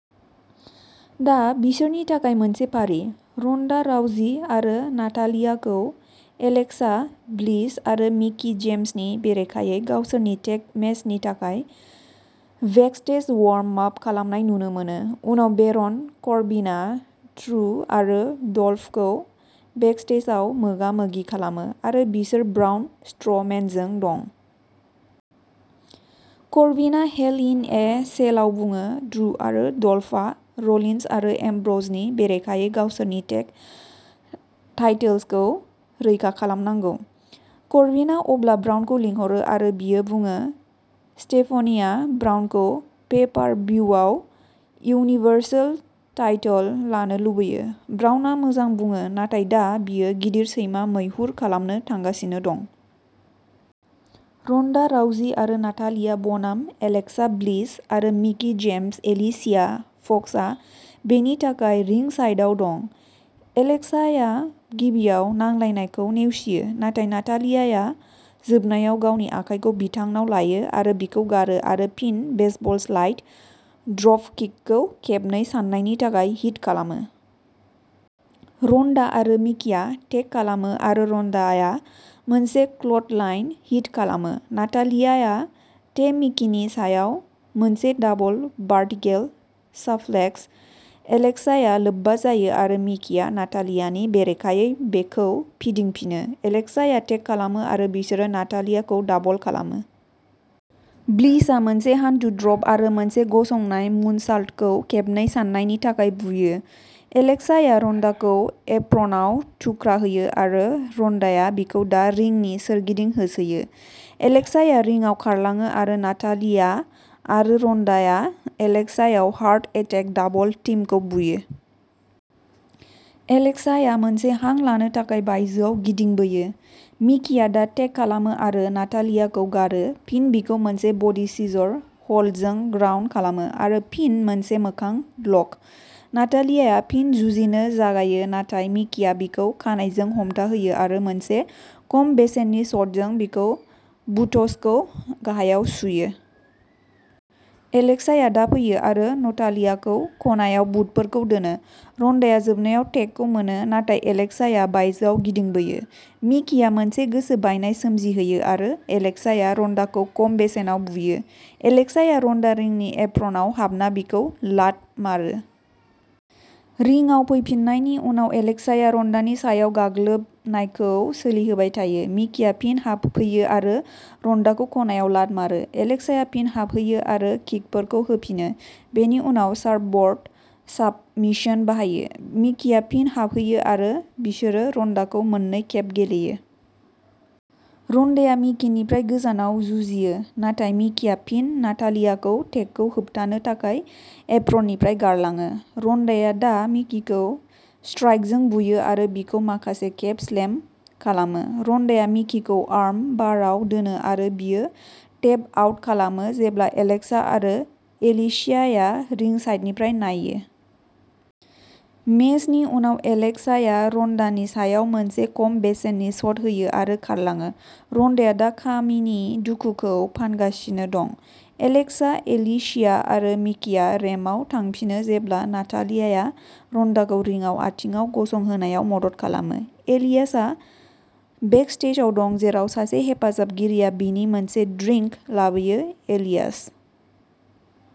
दा बिसोरनि थाखाय मोनसे फारि। रन्डा राउजी आरो नातालियाखौ एलेक्सा ब्लिस आरो मिकी जेम्सनि बेरेखायै गावसोरनि टेग मेचनि थाखाय बेकस्टेज वार्म आप खालामनाय नुनो मोनो, उनाव बेरन करबिनआ ड्रू आरो डल्फखौ बेकस्टेजआव मोगा-मोगि खालामो, आरो बिसोर ब्राउन स्ट्र'मेनजों दं। करबिनआ हेल इन ए सेलआव बुङो, ड्रू आरो डल्फआ र'लिन्स आरो एम्ब्र'जनि बेरेखायै गावसोरनि टेग टाइटल्सखौ रैखा खालामनांगौ। करबिनआ अब्ला ब्राउनखौ लिंहरो, आरो बियो बुङो स्टेफनीआ ब्राउनखौ पे-पार-भिउआव यूनिवर्सल टाइटल लानो लुबैयो। ब्राउनआ मोजां बुङो, नाथाय दा बियो गिदिर सैमा मैहुर खालामनो थांगासिनो दं। रन्डा राउजी आरो नातालिया बनाम एलेक्सा ब्लिस आरो मिकी जेम्स एलिसिया फक्सआ बेनि थाखाय रिंगसाइडआव दं। एलेक्साआ गिबियाव नांलायनायखौ नेवसियो, नाथाय नातालियाआ जोबनायाव गावनि आखाइखौ बिथांनाव लायो आरो बिखौ गारो आरो फिन बेसबल स्लाइड ड्रपकिकखौ खेबनै साननायनि थाखाय हिट खालामो। रन्डा आरो मिकीआ टेग खालामो आरो रन्डाआ मोनसे क्ल'थलाइन हिट खालामो। नातालियाआ टे मिकीनि सायाव मोनसे दाबल भार्टिकेल साप्लेक्स। एलेक्साया लोब्बा जायो आरो मिकीआ नातालियानि बेरेखायै बेखौ फिदिंफिनो। एलेक्साया टेग खालामो आरो बिसोरो नातालियाखौ दाबल खालामो। ब्लिसआ मोनसे हान्थु ड्रप आरो मोनसे गसंनाय मुनसाल्टखौ खेबनै साननायनि थाखाय बुयो। एलेक्साया रन्डाखौ एप्रनआव थुख्रा होयो, आरो रन्डाआ बिखौ दा रिंनि सोरगिदिं होसोयो। एलेक्साया रिंआव खारलाङो आरो नातालिया आरो रन्डाआ एलेक्सायाव हार्ट एटेक दाबल टीमखौ बुयो। एलेक्साया मोनसे हां लानो थाखाय बायजोआव गिदिंबोयो। मिकीआ दा टेग खालामो आरो नातालियाखौ गारो, फिन बिखौ मोनसे बडी सिजर होल्डजों ग्राउन्द खालामो, आरो फिन मोनसे मोखां लक। नातालियाआ फिन जुजिनो जागायो, नाथाय मिकीआ बिखौ खानाइजों हमथाहोयो आरो मोनसे खम बेसेननि शटजों बिखौ बुट्सखौ गाहायाव सुयो। एलेक्साया दा फैयो आरो नटालियाखौ खनायाव बुटफोरखौ दोनो। रन्डाआ जोबनायाव टेगखौ मोनो, नाथाय एलेक्साया बायजोआव गिदिंबोयो। मिकीया मोनसे गोसो बायनाय सोमजिहोयो आरो एलेक्साया रन्डाखौ खम बेसेनाव बुयो। एलेक्साया रन्डा रिंनि एप्रनआव हाबना बिखौ लात मारो। रिंआव फैफिन्नायनि उनाव, एलेक्साया रन्डानि सायाव गाग्लोबनायखौ सोलिहोबाय थायो। मिकीआ फिन हाबफैयो आरो रन्डाखौ खनायाव लात मारो। एलेक्साया फिन हाबहैयो आरो किकफोरखौ होफिनो, बेनि उनाव सार्फब'र्ड साबमिशन बाहायो। मिकीआ फिन हाबहैयो आरो बिसोरो रन्डाखौ मोननै खेब गेलेयो। रन्डाया मिकीनिफ्राय गोजानाव जुजियो, नाथाय मिकीआ फिन नातालियाखौ टेगखौ होबथानो थाखाय एप्रननिफ्राय गारलाङो। रन्डाया दा मिकीखौ स्ट्राइकजों बुयो आरो बिखौ माखासे खेब स्लेम खालामो। रन्डाया मिकीखौ आर्म बारआव दोनो आरो बियो टेप आउट खालामो जेब्ला एलेक्सा आरो एलिसियाया रिंसाइडनिफ्राय नायो। मेचनि उनाव, एलेक्साया रन्डानि सायाव मोनसे खम बेसेननि शट होयो आरो खारलाङो। रन्डाया दा खामिनि दुखुखौ फानगासिनो दं। एलेक्सा, एलिसिया आरो मिकीआ रेम्पआव थांफिनो जेब्ला नातालियाया रन्डाखौ रिंआव आथिंआव गसंहोनायाव मदद खालामो। एलियासआ बेकस्टेजआव दं जेराव सासे हेफाजाबगिरिया बिनो मोनसे ड्रिंक लाबोयो। एलियास